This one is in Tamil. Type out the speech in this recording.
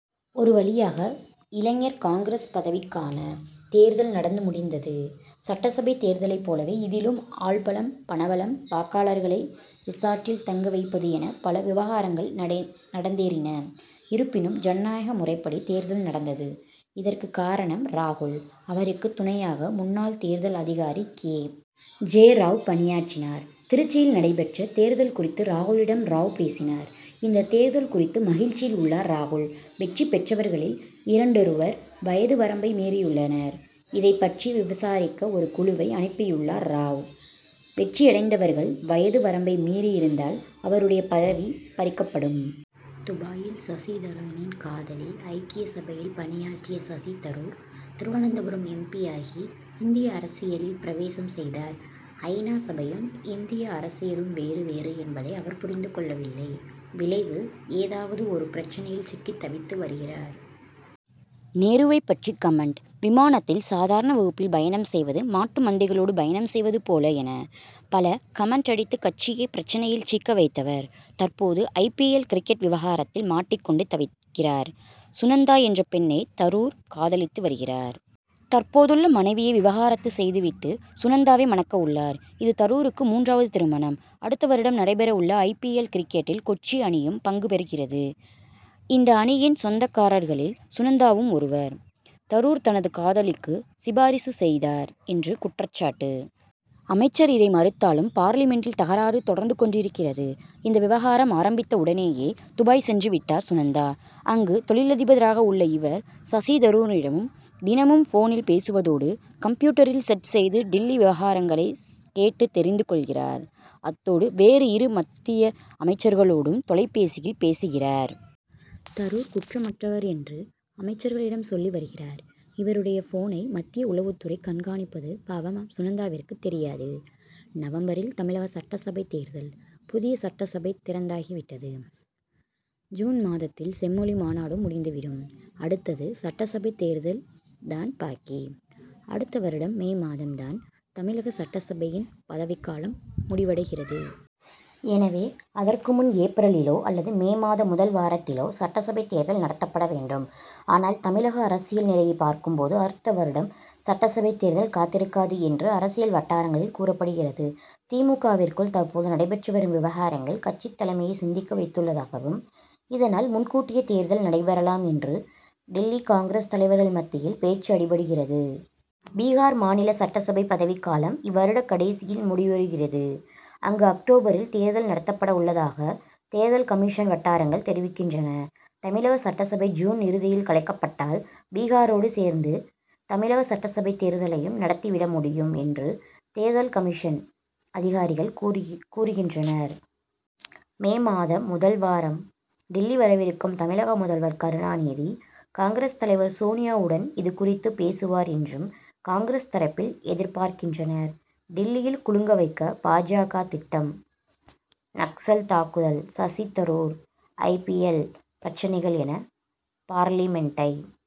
ஒரு வழியாக, இளைஞர் காங்கிரஸ் பதவிக்கான தேர்தல் நடந்து முடிந்தது. சட்டசபை தேர்தலைப் போலவே இதிலும், ஆள்பலம், பணபலம், வாக்காளர்களை ரிசார்ட்டில் தங்க வைப்பது என, பல விவகாரங்கள் நடந்தேறின. இருப்பினும், ஜனநாயக முறைப்படி தேர்தல் நடந்தது. இதற்குக் காரணம் ராகுல். அவருக்கு துணையாக, முன்னாள் தேர்தல் அதிகாரி கே. ஜே. ராவ் பணியாற்றினார். திருச்சியில் நடைபெற்ற, தேர்தல் குறித்து ராகுலிடம் ராவ் பேசினார். இந்த தேர்தல் குறித்து, மகிழ்ச்சியில் உள்ளார் ராகுல். வெற்றி பெற்றவர்களில் இரண்டொருவர், வயது வரம்பை மீறியுள்ளனர். இதைப் பற்றி விசாரிக்க ஒரு குழுவை, அனுப்பியுள்ளார் ராவ். வெற்றியடைந்தவர்கள் வயது வரம்பை மீறியிருந்தால், அவர்களுடைய பதவி பறிக்கப்படும். துபாயில் சசி தரூரின் காதலி ஐக்கிய சபையில் பணியாற்றிய சசி தரூர், திருவனந்தபுரம் எம். பி.,யாகி இந்திய அரசியலில் பிரவேசம் செய்தார். ஐ. நா., சபையும், இந்திய அரசியலும் வேறு, வேறு என்பதை அவர் புரிந்து கொள்ளவில்லை. விளைவு, ஏதாவது ஒரு பிரச்னையில் சிக்கி தவித்து வருகிறார். நேருவைப் பற்றி கமென்ட், விமானத்தில் சாதாரண வகுப்பில் பயணம் செய்வது, மாட்டு மந்தைகளோடு பயணம் செய்வது போல என, பல கமென்ட் அடித்து கட்சியை பிரச்னையில் சிக்க வைத்தவர். தற்போது, ஐ. பி. எல். கிரிக்கெட் விவகாரத்தில் மாட்டிக் கொண்டு தவிக்கிறார். சுனந்தா என்ற பெண்ணை, தரூர் காதலித்து வருகிறார். தற்போதுள்ள மனைவியை விவாகரத்து செய்துவிட்டு, சுனந்தாவை மணக்க உள்ளார். இது, தரூருக்கு மூன்றாவது திருமணம். அடுத்த வருடம் நடைபெற உள்ள ஐ. பி. எல்., கிரிக்கெட்டில் கொச்சி அணியும், பங்கு பெறப்போகிறது. இந்த அணியின் சொந்தக்காரர்களில், சுனந்தாவும் ஒருவர். தரூர் தனது காதலிக்கு, சிபாரிசு செய்தார் என்று, குற்றச்சாட்டு. அமைச்சர் இதை மறுத்தாலும், பார்லிமென்ட்டில் தகராறு தொடர்ந்து கொண்டிருக்கிறது. இந்த விவகாரம் ஆரம்பித்த உடனேயே, துபாய் சென்றுவிட்டார் சுனந்தா. அங்கு, தொழிலதிபராக உள்ளார் இவர். சசி தரூரிடமும் தினமும் போனில் பேசுவதோடு, கம்ப்யூட்டரில் சேட் செய்து டில்லி விவகாரங்களை கேட்டு தெரிந்து கொள்கிறார். அத்தோடு, வேறு இரு மத்திய அமைச்சர்களோடும் தொலைபேசியில் பேசுகிறார். தரூர் குற்றமற்றவர் என்று, அமைச்சர்களிடம் சொல்லி வருகிறார். இவருடைய போனை, மத்திய உளவுத் துறை கண்காணிப்பது, பாவம் சுனந்தாவிற்கு தெரியாது. நவம்பரில் தமிழக சட்டசபை தேர்தல்? புதிய சட்டசபை திறந்தாகிவிட்டது. ஜூன் மாதத்தில் செம்மொழி மாநாடும் முடிந்துவிடும். அடுத்தது சட்டசபைத் தேர்தல்தான் பாக்கி. அடுத்த வருடம் மே மாதம் தான், தமிழக சட்டசபையின் பதவிக்காலம் முடிவடைகிறது. எனவே, அதற்கு முன் ஏப்ரலிலோ அல்லது மே மாத முதல் வாரத்திலோ, சட்டசபை தேர்தல் நடத்தப்பட வேண்டும். ஆனால், தமிழக அரசியல் நிலையைப் பார்க்கும் போது, அடுத்த வருடம் வரை சட்டசபை தேர்தல் காத்திருக்காது என்று, அரசியல் வட்டாரங்களில் கூறப்படுகிறது. தி. மு. க.,விற்குள், தற்போது நடைபெற்று வரும் விவகாரங்கள், கட்சித் தலைமையை சிந்திக்க வைத்துள்ளதாகவும், இதனால், முன்கூட்டியே தேர்தல் நடைபெறலாம் என்று, டில்லி காங்கிரஸ் தலைவர்கள் மத்தியில் பேச்சு அடிபடுகிறது. பீகார் மாநில சட்டசபை பதவிக்காலம், இவ்வருட கடைசியில் முடிவுறுகிறது. அங்கு அக்டோபரில், தேர்தல் நடத்தப்பட உள்ளதாக, தேர்தல் கமிஷன் வட்டாரங்கள் தெரிவிக்கின்றன. தமிழக சட்டசபை ஜூன் இறுதியில் கலைக்கப்பட்டால், பீகாரோடு சேர்ந்து தமிழக சட்டசபை தேர்தலையும், நடத்தி விட முடியும் என்று, தேர்தல் கமிஷன் அதிகாரிகள் கூறுகின்றனர். மே மாத முதல் வாரம் டில்லி வரவிருக்கும் தமிழக முதல்வர் கருணாநிதி, காங்கிரஸ் தலைவர் சோனியாவுடன் இது குறித்து பேசுவார் என்றும், காங்கிரஸ் தரப்பில் எதிர்பார்க்கின்றனர். டில்லியை குலுங்க வைக்க பா. ஜ.க, திட்டம் நக்சல் தாக்குதல், Shashi Tharoor I. P. L., பிரச்னைகள் என பார்லிமென்ட்டை